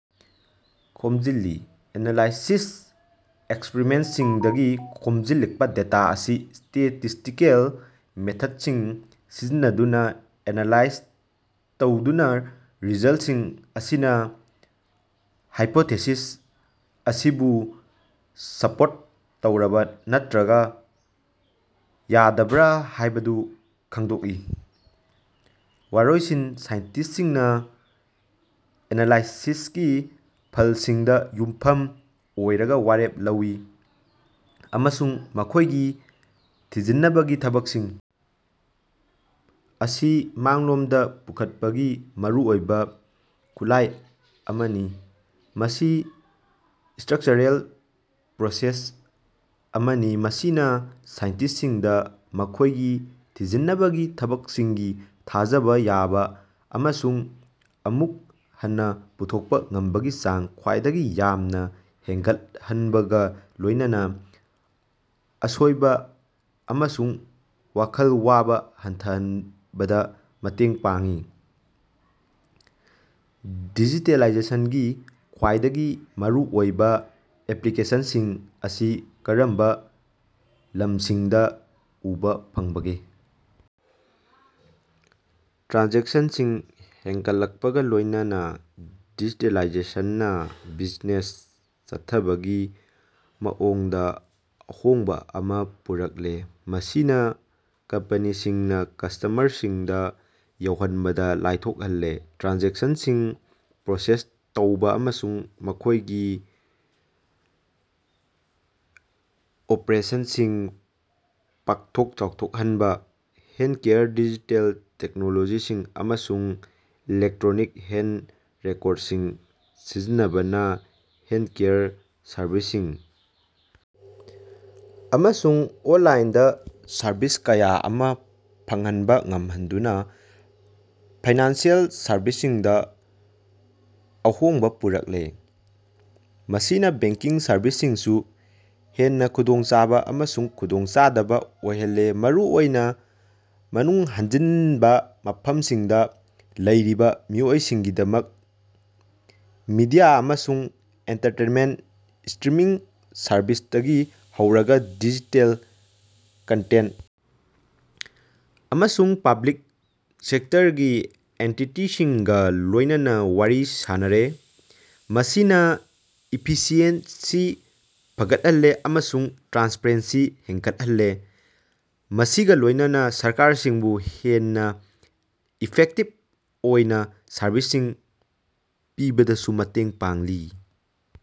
ꯈꯣꯝꯖꯤꯜꯂꯤ꯫ Analysis ꯑꯦꯛꯁꯄꯔꯤꯃꯦꯟꯠꯁꯤꯡꯗꯒꯤ ꯈꯣꯝꯖꯤꯜꯂꯛꯄꯥ data ꯑꯁꯤ ꯁ꯭ꯇꯦꯇꯤꯁ꯭ꯇꯤꯀꯦꯜ ꯃꯦꯊꯗꯁꯤꯡ ꯁꯤꯖꯤꯟꯅꯗꯨꯅꯥ ꯑꯦꯅꯥꯂꯥꯏꯖ ꯇꯧꯗꯨꯅꯥ ꯔꯤꯖꯜꯠꯁꯤꯡ ꯑꯁꯤꯅꯥ ꯍꯥꯏꯄꯣꯊꯦꯁꯤꯁ ꯑꯁꯤꯕꯨ ꯁꯄꯣꯔꯠ ꯇꯧꯕꯔꯥ ꯅꯠꯇ꯭ꯔꯒꯥ ꯌꯥꯗꯕꯔꯥ ꯍꯥꯏꯕꯗꯨ ꯈꯪꯗꯣꯛꯏ꯫ ꯋꯥꯔꯣꯏꯁꯤꯟ ꯁꯥꯏꯟꯇꯤꯁ꯭ꯠꯁꯤꯡꯅꯥ ꯑꯦꯅꯥꯂꯥꯏꯁꯤꯁꯀꯤ ꯐꯜꯁꯤꯡꯗꯥ ꯌꯨꯝꯐꯝ ꯑꯣꯏꯔꯒꯥ ꯋꯥꯔꯦꯞ ꯂꯧꯏ ꯑꯃꯁꯨꯡ ꯃꯈꯣꯏꯒꯤ ꯊꯤꯖꯤꯅꯕꯒꯤ ꯊꯕꯛꯁꯤꯡ ꯑꯁꯤ ꯃꯥꯡꯂꯣꯝꯗꯥ ꯄꯨꯈꯠꯄꯒꯤ ꯃꯔꯨꯑꯣꯏꯕꯥ ꯈꯨꯠꯂꯥꯏ ꯑꯃꯅꯤ꯫ ꯃꯁꯤ ꯁ꯭ꯇꯔꯛꯆꯔꯦꯜ ꯄ꯭ꯔꯣꯁꯦꯁ ꯑꯃꯅꯤ ꯃꯁꯤꯅꯥ ꯁꯥꯏꯟꯇꯤꯁ꯭ꯠꯁꯤꯡꯗꯥ ꯃꯈꯣꯏꯒꯤ ꯊꯤꯖꯤꯅꯕꯒꯤ ꯊꯕꯛꯁꯤꯡꯒꯤ ꯊꯥꯖꯕꯥ ꯌꯥꯕꯥ ꯑꯃꯁꯨꯡ ꯑꯃꯨꯛ ꯍꯟꯅꯥ ꯄꯨꯊꯣꯛꯄꯥ ꯉꯝꯕꯒꯤ ꯆꯥꯡ ꯈ꯭ꯋꯥꯏꯗꯒꯤ ꯌꯥꯝꯅꯥ ꯍꯦꯟꯒꯠꯍꯟꯕꯒꯥ ꯂꯣꯏꯅꯅꯥ ꯑꯁꯣꯏꯕꯥ ꯑꯃꯁꯨꯡ ꯋꯥꯈꯜ ꯋꯥꯕꯥ ꯍꯟꯊꯍꯟꯕꯗꯥ ꯃꯇꯦꯡ ꯄꯥꯡꯏ꯫ ꯗꯤꯖꯤꯇꯦꯂꯥꯏꯖꯦꯁꯟꯒꯤ ꯈ꯭ꯋꯥꯏꯗꯒꯤ ꯃꯔꯨꯑꯣꯏꯕꯥ ꯑꯦꯄ꯭ꯂꯤꯀꯦꯁꯅꯁꯤꯡ ꯑꯁꯤ ꯀꯔꯝꯕꯥ ꯂꯝꯁꯤꯡꯗꯥ ꯎꯕꯥ ꯐꯪꯕꯒꯦ? ꯇ꯭ꯔꯥꯟꯖꯦꯛꯁꯟꯁꯤꯡ ꯍꯦꯟꯒꯠꯂꯛꯄꯒꯥ ꯂꯣꯏꯅꯅꯥ ꯗꯤꯖꯤꯇꯦꯂꯥꯏꯖꯦꯁꯟꯅꯥ ꯕꯤꯖꯤꯅꯦꯁ ꯆꯠꯊꯕꯒꯤ ꯃꯑꯣꯡꯗꯥ ꯑꯍꯣꯡꯕꯥ ꯑꯃꯥ ꯄꯨꯔꯛꯂꯦ ꯃꯁꯤꯅꯥ ꯀꯝꯄꯦꯅꯤꯁꯤꯡꯅꯥ ꯀꯁꯇꯃꯔꯁꯤꯡꯗꯥ ꯌꯧꯍꯟꯕꯗꯥ ꯂꯥꯏꯊꯣꯛꯍꯜꯂꯦ ꯇ꯭ꯔꯥꯟꯖꯦꯛꯁꯟꯁꯤꯡ ꯄ꯭ꯔꯣꯁꯦꯁ ꯇꯧꯕꯥ ꯑꯃꯁꯨꯡ ꯃꯈꯣꯏꯒꯤ ꯑꯣꯄꯔꯦꯁꯟꯁꯤꯡ ꯄꯥꯛꯊꯣꯛ ꯆꯥꯎꯊꯣꯛꯍꯟꯕꯥ꯫ ꯍꯦꯜꯊꯀꯦꯌꯔ ꯗꯤꯖꯤꯇꯦꯜ ꯇꯦꯛꯅꯣꯂꯣꯖꯤꯁꯤꯡ ꯑꯃꯁꯨꯡ ꯏꯂꯦꯛꯇ꯭ꯔꯣꯅꯤꯛ ꯍꯦꯜꯊ ꯔꯦꯀꯣꯔꯗꯁꯤꯡ ꯁꯤꯖꯤꯟꯅꯕꯅꯥ ꯍꯦꯜꯊꯀꯦꯌꯔ ꯁꯔꯕꯤꯁꯁꯤꯡ ꯑꯃꯁꯨꯡ ꯑꯣꯟꯂꯥꯏꯟꯗꯥ ꯁꯔꯚꯤꯁ ꯀꯌꯥ ꯑꯃꯥ ꯐꯪꯍꯟꯕꯥ ꯉꯝꯍꯟꯗꯨꯅꯥ ꯐꯥꯏꯅꯥꯟꯁꯤꯑꯦꯜ ꯁꯔꯕꯤꯁꯁꯤꯡꯗꯥ ꯑꯍꯣꯡꯕꯥ ꯄꯨꯔꯛꯂꯦ꯫ ꯃꯁꯤꯅꯥ ꯕꯦꯡꯛꯀꯤꯡ ꯁꯔꯕꯤꯁꯁꯤꯡꯁꯨ ꯍꯦꯟꯅꯥ ꯈꯨꯗꯣꯡꯆꯥꯕꯥ ꯑꯃꯁꯨꯡ ꯈꯨꯗꯣꯡꯆꯥꯗꯕꯥ ꯑꯣꯏꯍꯜꯂꯦ ꯃꯔꯨꯑꯣꯏꯅꯥ ꯃꯅꯨꯡ ꯍꯟꯖꯤꯟꯕꯥ ꯃꯐꯝꯁꯤꯡꯗꯥ ꯂꯩꯔꯤꯕꯥ ꯃꯤꯑꯣꯏꯁꯤꯡꯒꯤꯗꯃꯛ꯫ ꯃꯤꯗꯤꯌꯥ ꯑꯃꯁꯨꯡ ꯑꯦꯟꯇꯔꯇꯦꯟꯃꯦꯟꯠ: ꯁ꯭ꯇꯔꯤꯃꯤꯡ ꯁꯔꯕꯤꯁꯇꯒꯤ ꯍꯧꯔꯒꯥ ꯗꯤꯖꯤꯇꯦꯜ ꯀꯟꯇꯦꯟꯠ ꯑꯃꯁꯨꯡ ꯄꯕ꯭ꯂꯤꯛ ꯁꯦꯛꯇꯔꯒꯤ ꯑꯦꯟꯇꯤꯇꯤꯁꯤꯡꯒꯥ ꯂꯣꯏꯅꯅꯥ ꯋꯥꯔꯤ ꯁꯥꯅꯔꯦ꯫ ꯃꯁꯤꯅꯥ ꯏꯐꯤꯁꯤꯑꯦꯟꯁꯤ ꯐꯒꯠꯍꯜꯂꯦ ꯑꯃꯁꯨꯡ ꯇ꯭ꯔꯥꯟꯁꯄꯔꯦꯟꯁꯤ ꯍꯦꯟꯒꯠꯍꯜꯂꯦ ꯃꯁꯤꯒꯥ ꯂꯣꯏꯅꯅꯥ ꯁꯔꯀꯥꯔꯁꯤꯡꯕꯨ ꯍꯦꯟꯅꯥ ꯏꯐꯦꯛꯇꯤꯚ ꯑꯣꯏꯅꯥ ꯁꯔꯕꯤꯁꯁꯤꯡ ꯄꯤꯕꯗꯁꯨ ꯃꯇꯦꯡ ꯄꯥꯡꯂꯤ꯫